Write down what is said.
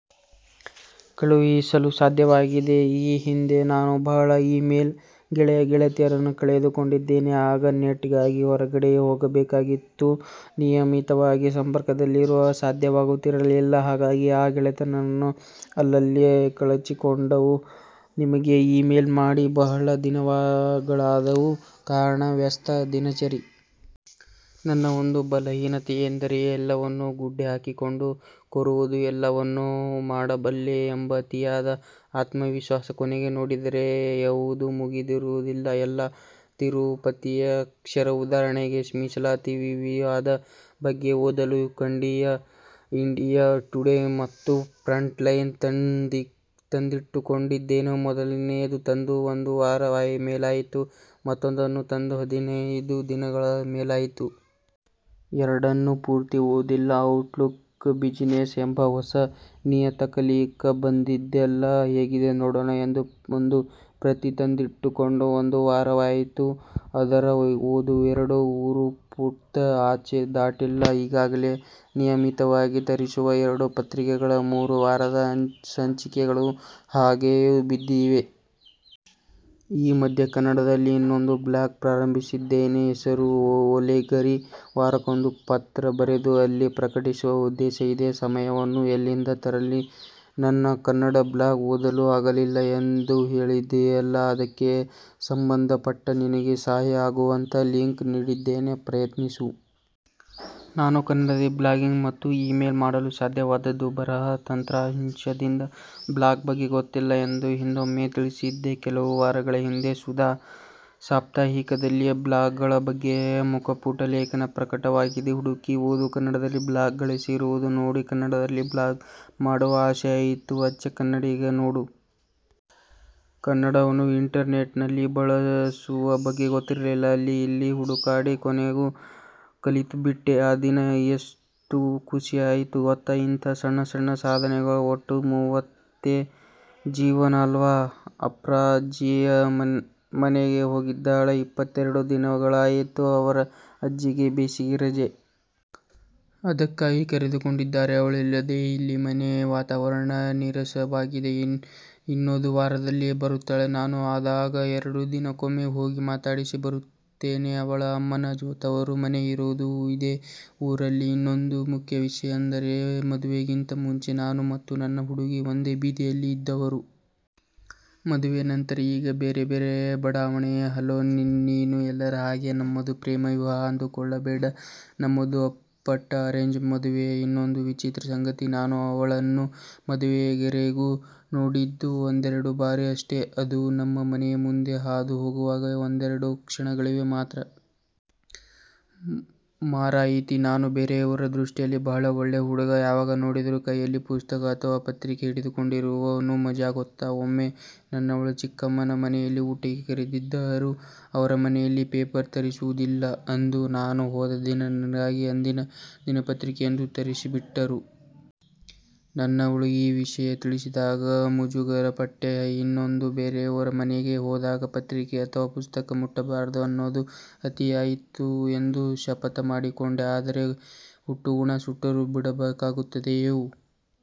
ಕಳುಹಿಸಲು ಸಾಧ್ಯವಾಗಿದೆ. ಈ ಹಿಂದೆ ನಾನು ಬಹಳ ಈ-ಮೇಲ್ ಗೆಳೆಯ-ಗೆಳತಿಯರನ್ನು ಕಳೆದು ಕೊಂಡಿದ್ದೇನೆ. ಆಗ ನೆಟ್ ಗಾಗಿ ಹೊರಗಡೆ ಹೋಗ ಬೇಕಾಗಿತ್ತು. ನಿಯಮಿತವಾಗಿ ಸಂಪರ್ಕದಲ್ಲಿರಲು ಸಾಧ್ಯ ಆಗುತ್ತಿರಲಿಲ್ಲ. ಹಾಗಾಗಿ ಆ ಗೆಳೆತನಗಳು ಅಲ್ಲಲ್ಲಿ ಕಳಚಿಕೊಂಡವು. ನಿನಗೆ ಈ-ಮೇಲ್ ಮಾಡಿ ಬಹಳ ದಿನಗಳಾದವು. ಕಾರಣ ವ್ಯಸ್ತ ದಿನಚರಿ. ನನ್ನ ಒಂದು ಬಲಹೀನತೆ ಎಂದರೆ ಎಲ್ಲವನ್ನು ಗುಡ್ಡೆ ಹಾಕಿಕೊಂಡು ಕೂರುವುದು. ಎಲ್ಲಾವನ್ನು ಮಾಡಬಲ್ಲೆ ಎಂಬ ಅತಿಯಾದ ಆತ್ಮವಿಶ್ವಾಸ. ಕೊನೆಗೆ ನೋಡಿದರೆ ಯವುದೂ ಮುಗಿದಿರುವುದಿಲ್ಲ. ಎಲ್ಲಾ 'ತಿರುಪತಿ ಕ್ಷೌರ' ಉದಾಹರಣೆಗೆ, ಮಿಸಲಾತಿ ವಿವಾದ ಬಗ್ಗೆ ಓದಲು 'ಇಂಡಿಯ ಟುಡೆ' ಮತ್ತು 'ಫ್ರಂಟ್ ಲೈನ್' ತಂದಿಟ್ಟುಕೊಂಡಿದ್ದೇನೆ. ಮೊದಲನೆಯದು ತಂದು ಒಂದು ವಾರದ ಮೇಲಾಯಿತು ಮತ್ತೊಂದನ್ನು ತಂದು ಹದಿನೈದು ದಿನಗಳ ಮೇಲಾಯಿತು. ಎರಡನ್ನೂ ಪೂರ್ತಿ ಓದಿಲ್ಲ! 'ಔಟ್ ಲುಕ್ ಬಿಸಿನೆಸ್' ಎಂಬ ಹೊಸ ನಿಯತಕಲಿಕ ಬಂದಿದೆಯಲ್ಲ ಹೇಗಿದೆ ನೋಡೋಣ ಎಂದು ಒಂದು ಪ್ರತಿ ತಂದ್ದಿಟ್ಟುಕೊಂಡು ಒಂದು ವಾರ ಆಯಿತು, ಅದರ ಓದು ಎರಡು ಮೂರು ಪುಟ್ದ ಆಚೆ ದಾಟಿಲ್ಲ. ಈಗಾಗಲೆ ನಿಯಮಿತವಾಗಿ ತರಿಸುವ ಎರಡು ಪತ್ರಿಕೆಗಳ ಮೂರು ವಾರದ ಸಂಚಿಕೆಗಳು ಹಾಗೆಯೇ ಬಿದ್ದಿವೆ. ಈ ಮಧ್ಯೆ ಕನ್ನಡದಲ್ಲಿ ಇನ್ನೊಂದು ಬ್ಲಾಗ್ ಪ್ರಾರಂಭಿಸಿದ್ದೇನೆ. ಹೆಸರು 'ಓಲೆಗರಿ'. ವಾರಕ್ಕೊಂದು ಪತ್ರ ಬರೆದು ಅಲ್ಲಿ ಪ್ರಕಟಿಸುವ ಉದ್ದೇಶ ಇದೆ. ಸಮಯವನ್ನು ಎಲ್ಲಿಂದ ತರಲಿ? ನನ್ನ ಕನ್ನಡ ಬ್ಲಾಗ್ ಓದಲು ಆಗಲಿಲ್ಲ ಎಂದು ಹೇಳಿದಿಯೆಲ್ಲಾ, ಅದಕ್ಕೆ ಸಂಬಂದಪಟ್ಟ ನಿನಗೆ ಸಹಾಯ ಆಗುವಂತಹ ಲಿಂಕ್ ನೀಡಿದ್ದೇನೆ ಪ್ರಯತ್ನಿಸು. ನಾನು ಕನ್ನಡದಲ್ಲಿ ಬ್ಲಾಗಿಂಗ್ ಮತ್ತು ಈ-ಮೇಲ್ ಮಾಡಲು ಸಾಧ್ಯವಾದದ್ದು 'ಬರಹ' ತಂತ್ರಾಂಶದಿಂದ. ಬ್ಲಾಗ್ ಬಗ್ಗೆ ಗೊತ್ತಿಲ್ಲ ಎಂದು ಹಿಂದೊಮ್ಮೆ ತಿಳಿಸಿದ್ದೆ. ಕೆಲವು ವಾರಗಳ ಹಿಂದೆ 'ಸುಧಾ' ಸಾಪ್ತಾಹಿಕದಲ್ಲಿ ಬ್ಲಾಗ್ ಗಳ ಬಗ್ಗೆ ಮುಖಪುಟ ಲೇಖನ ಪ್ರಕಟವಾಗಿದೆ. ಹುಡುಕಿ ಓದು. ಕನ್ನಡದಲ್ಲಿ ಬ್ಲಾಗ್ ಗಳಿರುವುದು ನೋಡಿ ಕನ್ನಡದಲ್ಲಿ ಬ್ಲಾಗ್ ಮಾಡುವ ಆಸೆ ಆಯಿತು, ಅಚ್ಚ ಕನ್ನಡಿಗ ನೋಡು. ಕನ್ನಡವನ್ನು ಇಂಟರ್ ನೆಟ್ ನಲ್ಲಿ ಬಳಸುವ ಬಗ್ಗೆ ಗೊತ್ತಿರಲಿಲ್ಲ. ಅಲ್ಲಿ ಇಲ್ಲಿ ಹುಡುಕಾಡಿ ಕೊನೆಗೂ ಕಲಿತುಬಿಟ್ಟೆ. ಆ ದಿನ ಎಷ್ತು ಖುಶಿ ಆಯಿತು ಗೊತ್ತಾ ಇಂತಹ ಸಣ್ಣ ಸಣ್ಣ ಸಾಧನೆಗಳ ಒಟ್ಟು ಮೊತ್ತವೇ ಜೀವನ ಅಲ್ವಾ? ಅಫ್ರಾ ಅಜ್ಜಿ ಮನೆಗೆ ಹೋಗಿದ್ದಾಳೆ. ಇಪ್ಪತ್ತೆರಡು ದಿನಗಳಾಯಿತು. ಅವರ ಅಜ್ಜಿಗೆ ಬೇಸಿಗೆ ರಜೆ. ಅದಕ್ಕಾಗಿ ಕರೆದುಕೊಂಡಿದ್ದಾರೆ. ಅವಳಿಲ್ಲದೆ ಇಲ್ಲಿ ಮನೆ ವಾತವರಣ ನೀರಸವಾಗಿದೆ. ಇನ್ನೊದು ವಾರದಲ್ಲಿ ಬರುತ್ತಾಳೆ. ನಾನು ಆಗಾಗ ಎರಡು ದಿನಕ್ಕೊಮ್ಮೆ ಹೋಗಿ ಮಾತಾಡಿಸಿ ಬರುತ್ತೇನೆ. ಅವಳ ಅಮ್ಮನ ತವರು ಮನೆ ಇರುವುದು ಇದೇ ಊರಲ್ಲಿ. ಇನ್ನೊಂದು ಮುಖ್ಯ ವಿಷಯ ಅಂದರೆ ಮದುವೆಗಿಂತ ಮುಂಚೆ ನಾನು ಮತ್ತು ನನ್ನ 'ಹುಡುಗಿ' ಒಂದೇ ಬೀದಿಯಲ್ಲಿ ಇದ್ದವರು. ಮದುವೆ ನಂತರ ಈಗ ಬೇರೆ ಬೇರೆ ಬಡಾವಣೆ. ಹಲೋ, ನೀನೂ ಎಲ್ಲರ ಹಾಗೆ ನಮ್ಮದು ಪ್ರೇಮ ವಿವಾಹ ಅಂದುಕೊಳ್ಳಬೇಡ ನಮ್ಮದು ಅಪ್ಪಟ ಅರೇಂಜ್ದ್ ಮದುವೆ. ಇನ್ನೊಂದು 'ವಿಚಿತ್ರ'ಸಂಗತಿ; ನಾನು ಅವಳನ್ನು ಅದುವರೆಗೂ ನೊಡಿದ್ದು ಒಂದೆರಡು ಬಾರಿ ಅಷ್ಟೆ. ಅದೂ ನಮ್ಮ ಮನೆ ಮುಂದೆ ಹಾದು ಹೊಗುವಾಗ ಒಂದೆರಡು ಕ್ಷಣಗಳಿಗೆ ಮಾತ್ರ. ಮಾರಾಯಿತಿ ನಾನು ಬೇರೆಯವರ ದೃಷ್ಟಿಯಲ್ಲಿ 'ಬಹಳ ಒಳ್ಳೆ ಹುಡುಗ'. ಯಾವಾಗ ನೋಡಿದರೂ ಕೈಯಲ್ಲಿ ಪುಸ್ತಕ ಅಥವ ಪತ್ರಿಕೆ ಹಿಡಿದುಕೊಂಡಿರುವವನು ಮಜಾ ಗೊತ್ತಾ? ಒಮ್ಮೆ ನನ್ನವಳ ಚಿಕ್ಕಮ್ಮನ ಮನೆಯಲ್ಲಿ ಊಟಕ್ಕೆ ಕರೆದಿದ್ದರು. ಅವರ ಮನೆಯಲ್ಲಿ ಪೇಪರ್ ತರಿಸುವುದಿಲ್ಲ. ಅಂದು ನಾನು ಹೋದ ದಿನ ನನಗಾಗಿ ಅಂದಿನ ದಿನಪತ್ರಿಕೆಯೊಂದನ್ನು ತರಿಸಿಟ್ಟಿದ್ದರು. ನನ್ನವಳು ಈ ವಿಷಯ ತಿಳಿಸಿದಾಗ ಮುಜುಗರ ಪಟ್ಟೆ. ಇನ್ನೆಂದೂ ಬೇರೆಯವರ ಮನೆಗೆ ಹೋದಾಗ ಪತ್ರಿಕೆ ಅಥವ ಪುಸ್ತಕ ಮುಟ್ಟಬಾರದು, ನನ್ನದು ಅತಿಯಾಯಿತು ಎಂದು ಶಪಥ ಮಾಡಿಕೊಂಡೆ. ಆದರೆ ಹುಟ್ಟುಗುಣ ಸುಟ್ಟರೂ ಬಿಡಕಾಗುತ್ತದೆಯೇ?